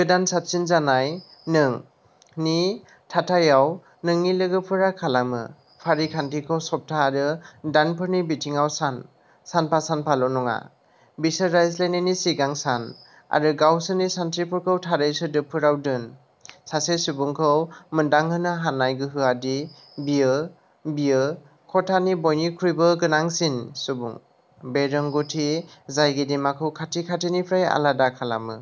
"गोदान साबसिन जानाय नों" नि थाथायाव-नोंनि लोगोफोरा खालामो! फारिखान्थिखौ सप्ता आरो दानफोरनि बिथिङाव सान, सानफा-सानल'नङा।-बिसोर रायज्लायनायनि सिगां सान आरो गावसोरनि सानस्रिफोरखौ थारै सोदोबफोराव दोन। सासे सुबुंखौ मोनदांहोनो हानाय गोहोआ दि बियो बियो खथानि बयनिख्रुइबो गोनांसिन सुबुं, बे रोंग'थि जाय गेदेमाखौ खाथि-खाथिनिफ्राय आलादा खालामो।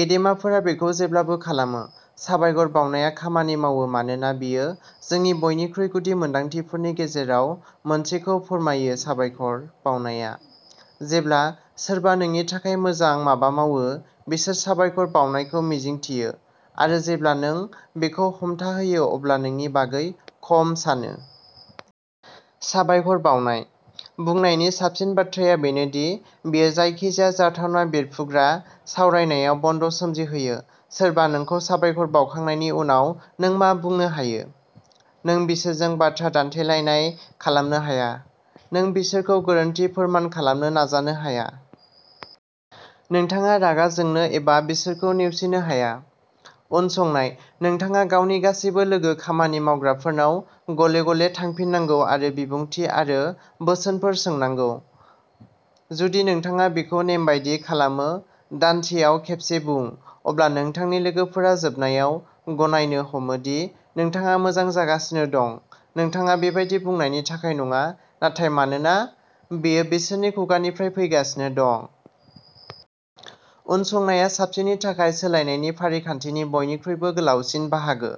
गेदेमाफोरा बेखौ जेब्लाबो खालामो। साबायखर बावनाया खामानि मावो मानोना बेयो जोंनि बयनिख्रुइ गुदि मोनदांथिफोरनि गेजेराव मोनसेखौ फोरमायो-साबायखर बावनाया। जेब्ला सोरबा नोंनि थाखाय मोजां माबा मावो, बिसोर साबायखर बावनायखौ मिजिंथियो-आरो जेब्ला नों बेखौ हमथाहोयो अब्ला नोंनि बागै खम सानो। "साबायखर बावनाया" बुंनायनि साबसिन बाथ्राया बेनो दि बेयो जायखिजाया जाथावना बेरफ्रुग्रा सावरायनायाव बन्द'सोमजिहोयो। सोरबा नोंखौ साबायखर बावखांनायनि उनाव नों मा बुंनो हायो? नों बिसोरजों बाथ्रा दान्थेलायनाय खालामनो हाया! नों बिसोरखौ गोरोन्थि फोरमान खालामनो नाजानो हाया! नोंथाङा रागा जोंनो एबा बिसोरखौ नेवसिनो हाया! उनसंनायः नोंथाङा गावनि गासिबो लोगो-खामानि मावग्राफोरनाव गले-गले थांफिननांगौ आरो बिबुंथि आरो बोसोनफोर सोंनांगौ। जुदि नोंथाङा बेखौ नेमबादियै खालामो, दानसेयाव खेबसे बुं, अब्ला नोंथांनि लोगोफोरा जोबनायाव गनायनो हमो दि नोंथाङा मोजां जागासिनो दं-नोंथाङा बेबादि बुंनायनि थाखाय नङा, नाथाय मानोना बेयो बिसोरनि खुगानिफ्राय फैगासिनो दं। उनसंनाया साबसिननि थाखाय सोलायनायनि फारिखान्थिनि बयनिख्रुइबो गोलावसिन बाहागो।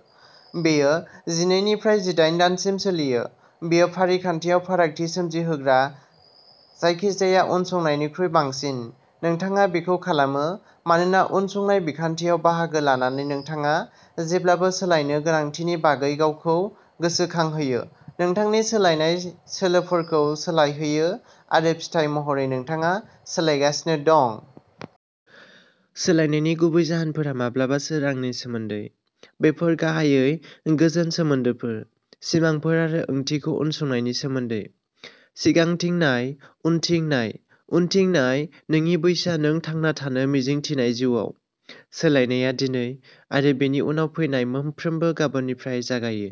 बेयो जिनै निफ्राय जिदाइन दानसिम सोलियो। बेयो फारिखान्थियाव फारागथि सोमजिहोग्रा। जायखिजाया उनसंनायनिख्रुइ बांसिन, नोंथाङा बेखौ खालामो, मानोना उनसंनाय बिखान्थियाव बाहागो लानानै नोंथाङा जेब्लाबो सोलायनो गोनांथिनि बागै गावखौ गोसोखांहोयो, नोंथांनि सोलायनाय सोलोफोरखौ सोलायहोयो, आरो फिथाय महरै नोंथाङा सोलायगासिनो दं। सोलायनायनि गुबै जाहोनफोरा माब्लाबासो रांनि सोमोन्दै। बेफोर गाहायै गोजोन, सोमोन्दोफोर, सिमांफोर आरो ओंथिखौ उनसंनायनि सोमोन्दै। सिगांथिं नाय, उनथिं नाय। उनथिं नाय। नोंनि बैसोआ नों थांना थानो मिजिं थिनाय जिउआव। सोलायनायआ दिनै आरो बेनि उनाव फैनाय मोनफ्रोमबो गाबोननिफ्राय जागायो।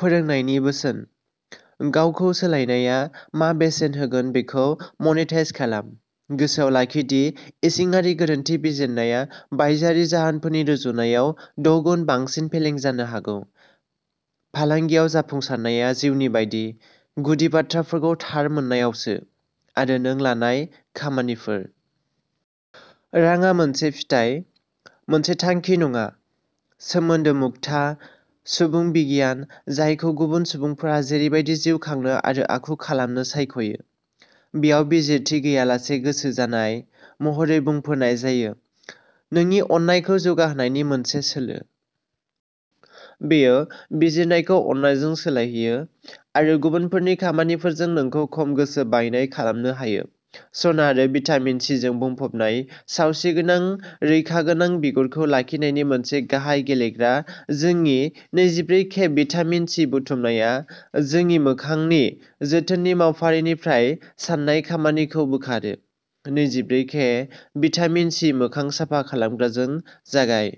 फोरोंनायनि बोसोनः गावखौ सोलायनाया मा बेसेन होगोन बेखौ मनेटाइज खालाम। गोसोआव लाखि दि इसिङारि गोरोन्थि बिजिरनाया बायजोआरि जाहोनफोरनि रुजुनायाव द'गुन बांसिन फेलें जानो हागौ। फालांगियाव जाफुंसारनाया, जिउनि बायदि, गुदि बाथ्राफोरखौ थार मोननायावसो... आरो नों लानाय खामानिफोर! रांआ मोनसे फिथाय, मोनसे थांखि नङा! सोमोन्दो मुक्ता सुबुं बिगियान, जायखौ "गुबुन सुबुंफोरा जेरैबादि जिउ खांनो आरो आखु खालामनो सायख'यो बेयाव बिजिरथि गैयालासे गोसो जानाय" महरै बुंफोरनाय जायो, नोंनि अननायखौ जौगाहोनायनि मोनसे सोलो। बेयो बिजिरनायखौ अननायजों सोलायहोयो, आरो गुबुनफोरनि खामानिफोरजों नोंखौ खम गोसो बायनाय खालामनो हायो। सना आरो भिटामिन सिजों बुंफबनाय, सावस्रिगोनां, रैखागोनां बिगुरखौ लाखिनायनि मोनसे गाहाय गेलेग्रा-जोंनि नैजिब्रै के भिटामिन सि बुथुमनाया नोंनि मोखांनि जोथोननि मावफारिनिफ्राय सान्नाय खामानिखौ बोखारो। नैजिब्रै के भिटामिन सि मोखां साफा खालामग्राजों जागाय।